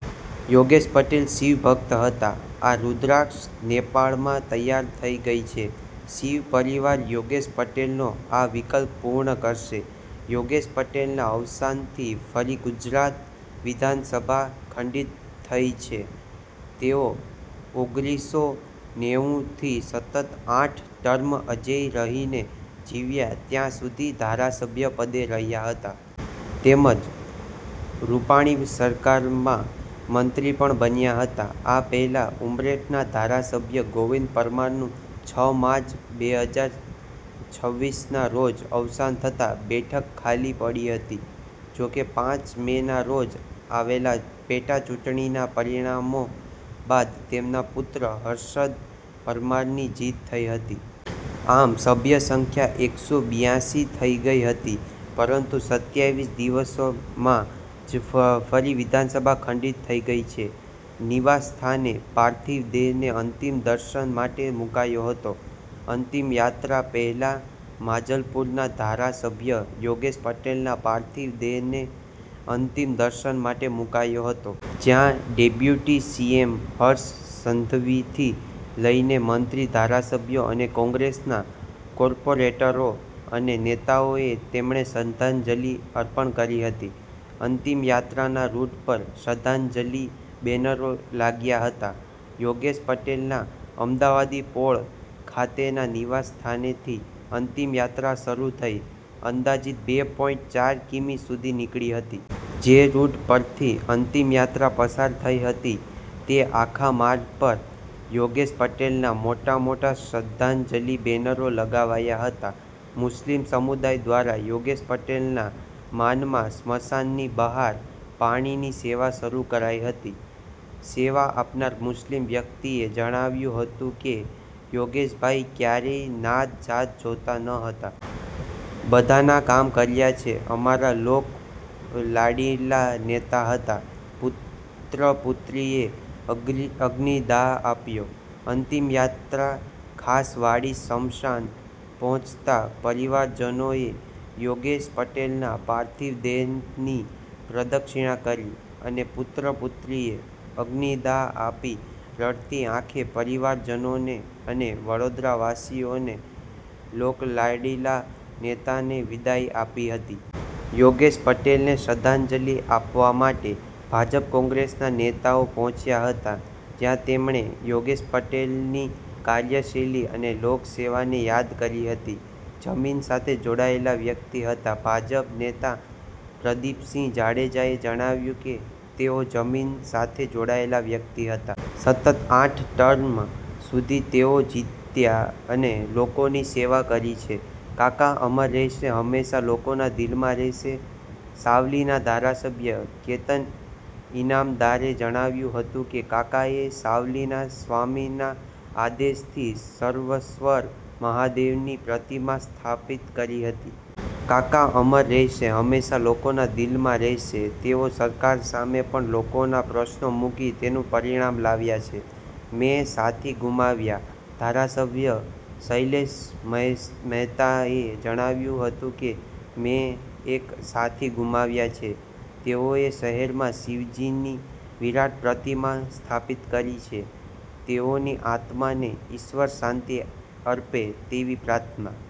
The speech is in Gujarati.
યોગેશ પટેલ શિવ ભક્ત હતા. આ રુદ્રાક્ષ નેપાળમાં તૈયાર થઈ ગઈ છે. શિવ પરિવાર યોગેશ પટેલનો આ વિકલ્પ પૂર્ણ કરશે. યોગેશ પટેલના અવસાનથી ફરી ગુજરાત વિધાનસભા ખંડિત થઈ છે. તેઓ ઓગરીસો નેવું થી સતત આઠ ટર્મ અજેય રહીને જીવ્યા ત્યાં સુધી ધારાસભ્ય પદે રહ્યા હતા. તેમજ રૂપાણી સરકારમાં મંત્રી પણ બન્યા હતા. આ પહેલાં ઉમરેઠના ધારાસભ્ય ગોવિંદ પરમારનું છ માર્ચ, બે હજાર છવીસના રોજ અવસાન થતાં બેઠક ખાલી પડી હતી. જોકે પાંચ મેના રોજ આવેલા પેટાચૂંટણીના પરિણામો બાદ તેમના પુત્ર હર્ષદ પરમારની જીત થઈ હતી. આમ સભ્ય સંખ્યા એકસો બિયાસી થઈ ગઈ હતી, પરંતુ સત્યાવીસ દિવસમાં જ ફરી વિધાનસભા ખંડિત થઈ ગઈ છે. નિવાસ સ્થાને પાર્થિવ દેહને અંતિમ દર્શન માટે મુકાયો હતો. અંતિમયાત્રા પહેલાં માંજલપુરના ધારાસભ્ય યોગેશ પટેલના પાર્થિવ દેહને અંતિમ દર્શન માટે મુકાયો હતો. જ્યાં ડેપ્યુટી સીએમ હર્ષ સંઘવીથી લઇને મંત્રી, ધારાસભ્યો અને કોંગ્રેસના કોર્પોરેટરો અને નેતાઓએ તેમણે શ્રદ્ધાંજલિ અપર્ણ કરી હતી. અંતિમયાત્રાના રૂટ પર શ્રદ્ધાંજલિ બેનરો લાગ્યા હતા. યોગેશ પટેલના 'અમદાવાદીપોળ' ખાતેના નિવાસ સ્થાનેથી અંતિમ યાત્રા શરૂ થઈ અંદાજિત બે પોઈન્ટ ચાર કિમી સુધી નીકળી હતી. જે રૂટ પરથી અંતિમયાત્રા પસાર થઈ હતી તે આખા માર્ગ પર યોગેશ પટેલના મોટા-મોટા શ્રદ્ધાંજલિ બેનરો લગાવાયા હતા. મુસ્લિમ સમુદાય દ્વારા યોગેશ પટેલના માનમાં સ્મશાનની બહાર પાણીની સેવા શરૂ કરાઈ હતી. સેવા આપનાર મુસ્લિમ વ્યક્તિએ જણાવ્યું હતું કે, "યોગેશભાઈ ક્યારેય નાત જાત જોતા ન હતા. બધાના કામ કર્યા છે. અમારા લોક લાડીલા નેતા હતા." પુત્ર-પુત્રીએ અગ અગ્નિદાહ આપ્યો. અંતિમયાત્રા ખાસવાડી સ્મશાન પહોંચતા પરિવારજનોએ યોગેશ પટેલના પાર્થિવ દેહની પ્રદક્ષિણા કરી, અને પુત્ર-પુત્રીએ અગ્નિદાહ આપી રડતી આંખે પરિવારજનો અને વડોદરાવાસીઓને લોકલાડીલા નેતાને વિદાય આપી હતી. યોગેશ પટેલને શ્રદ્ધાંજલિ આપવા માટે ભાજપ-કોંગ્રેસના નેતાઓ પહોંચ્યા હતા. જ્યાં તેમણે યોગેશ પટેલની કાર્યશૈલી અને લોકસેવાને યાદ કરી હતી. જમીન સાથે જોડાયેલા વ્યક્તિ હતા. ભાજપ નેતા પ્રદિપસિંહ જાડેજાએ જણાવ્યું કે "તેઓ જમીન સાથે જોડાયેલા વ્યક્તિ હતા. સતત આઠ ટર્મ સુધી તેઓ જીત્યા અને લોકોની સેવા કરી છે. કાકા અમર રહેશે, હંમેશા લોકોના દિલમાં રહેશે." સાવલીના ધારાસભ્ય કેતન ઈનામદારે જણાવ્યું હતું કે, "કાકાએ સાવલીના સ્વામીના આદેશથી સર્વેશ્વર મહાદેવની પ્રતિમા સ્થાપિત કરી હતી કાકા અમર રહેશે, હંમેશા લોકોના દિલમાં રહેશે. તેઓ સરકાર સામે પણ લોકોના પ્રશ્નો મૂકી તેનું પરિણામ લાવ્યા છે. મેં સાથી ગુમાવ્યા." ધારાસભ્ય શૈલેષ મહેતાએ જણાવ્યું હતું કે, "મેં એક સાથી ગુમાવ્યા છે. તેઓએ શહેરમાં શિવજીની વિરાટ પ્રતિમા સ્થાપિત કરી છે. તેઓની આત્માને ઈશ્વર શાંતિ અર્પે તેવી પ્રાર્થના."